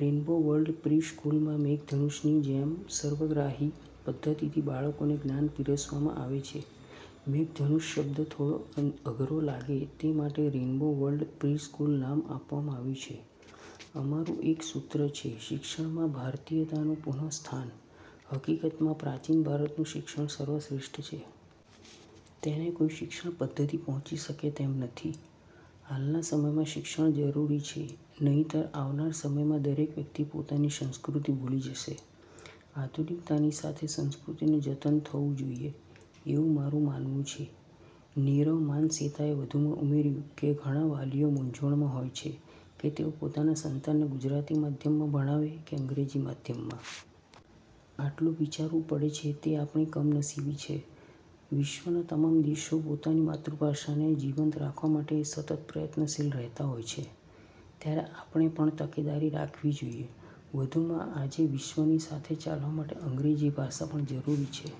Rainbow world પ્રિ-સ્કૂલમાં મેઘધનુષની જેમ સર્વગ્રાહી પદ્ધતિથી બાળકોને જ્ઞાન પીરસવામાં આવે છે. મેઘધનુષ શબ્દ થોડો અઘરો લાગે તે માટે રેઈન્બો વર્લ્ડ પ્રિ-સ્કૂલ નામ આપવામાં આવ્યું છે. અમારું એકસૂત્ર છે. શિક્ષણમાં ભારતીયતાનું પુનરુત્થાન. હકીકતમાં પ્રાચીન ભારતનું શિક્ષણ સર્વ શ્રેષ્ઠ છે. તેને કોઈ શિક્ષણ પદ્ધતિ પહોંચી શકે તેમ નથી. હાલના સમયમાંશિક્ષણ જરૂરી છે. નહિતર આવનાર સમયમાં દરેક વ્યક્તિ પોતાની સંસ્કૃતિ ભૂલી જશે. આધુનિકતાની સાથે સંસ્કૃતિનું જતન થવુંજોઈએ. એવુ મારું માનવું છે. નીરવ માનસેતાએ વધુમાં ઉમેર્યું કે ઘણા વાલીઓ મુંઝવણમા હોય છે કે તેઓ પોતાના સંતાનને ગુજરાતી માધ્યમમા ભણાવે કે અંગ્રેજી માધ્યમમાં. આટલું વિચારવું પડે છે તે આપણી કમનસીબી છે. વિશ્વના તમામ દેશો પોતાની માતૃભાષાને જીવંત રાખવા માટે સતત પ્રયત્નશીલ રહેતા હોય છે. ત્યારે આપણે પણતકેદારી રાખવી જોઈએ. વધુમાં આજે વિશ્વની સાથે ચાલવા માટે અંગ્રેજી ભાષા પણ જરૂરી છે.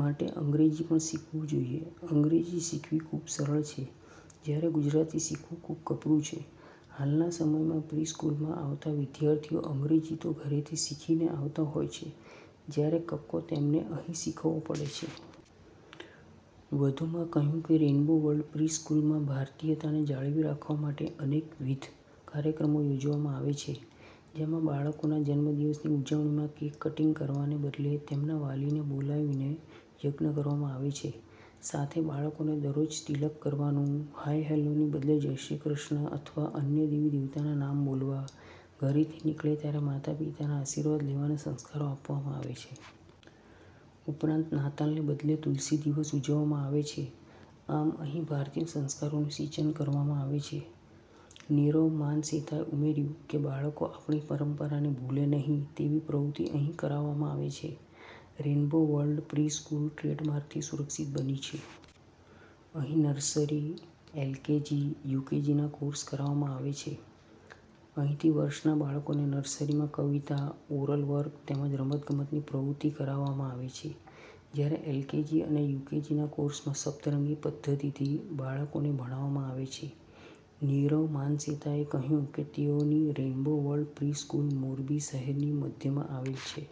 માટે અંગ્રેજી પણ શીખવુંજોઈએ. અંગ્રેજી શીખવી ખૂબ સરળ છે. જ્યારે ગુજરાતી શીખવું ખૂબ કપરું છે. હાલના સમયમાં પ્રિ સ્કૂલમા આવતા વિદ્યાર્થીઓ અંગ્રેજી તો ઘરેથીશીખીને આવતા હોય છે. જ્યારે કક્કો તેમને અહીં શીખવવો પડે છે. વધુમાં કહ્યું કે રેઈન્બો વર્લ્ડ પ્રિ-સ્કૂલમાં ભારતીયતાને જાળવી રાખવા માટે અનેકવિધ કાર્યક્રમો યોજવામાં આવે છે. જેમાં બાળકોના જન્મદિવસની ઉજવણીમા કેક કટીંગ કરવાને બદલે તેમના વાલીને બોલાવીને યજ્ઞ કરવામાં આવે છે. સાથે બાળકોને દરરોજ તિલક કરવાનું, હાઈ- હેલ્લોની બદલે જય શ્રી કૃષ્ણ અથવા અન્ય દેવી દેવતાના નામ બોલવા, ઘરેથી નીકળે ત્યારે માતા પિતાના આશીર્વાદ લેવાના સંસ્કારો આપવામાં આવે છે. ઉપરાંત નાતાલને બદલે તુલસી દિવસ ઉજવવામાં આવે છે. આમ અહીં ભારતીય સંસ્કારોનું સીંચન કરવામાં આવે છે. નીરવ માનસેતાએ ઉમેર્યું કે બાળકો આપણી પરંપરાને ભૂલે નહિ તેવી પ્રવૃત્તિ અહીં કરાવવામાં આવે છે. રેરેઈન્બો વર્લ્ડ પ્રિ-સ્કૂલ ટ્રેડમાર્કથી સુરક્ષિત બની છે. અહીં નર્સરી, એલકેજી, યુકેજીના કોર્ષ કરાવવામાં આવે છે. અહીંથીવર્ષના બાળકોને નર્સરીમાં કવિતા, ઓરલ વર્ક તેમજ રમત ગમતની પ્રવૃત્તિ કરાવવામાં આવે છે. જ્યારે એલકેજી અને યુકેજીના કોર્ષમાં સપ્તરંગી પદ્ધતિથી બાળકોને ભણાવવામાં આવે છે. નીરવ માનસેતાએ કહ્યું કે તેઓની રેઈન્બો વર્લ્ડ પ્રિ-સ્કૂલ મોરબી શહેરની મધ્યમાં આવેલ છે.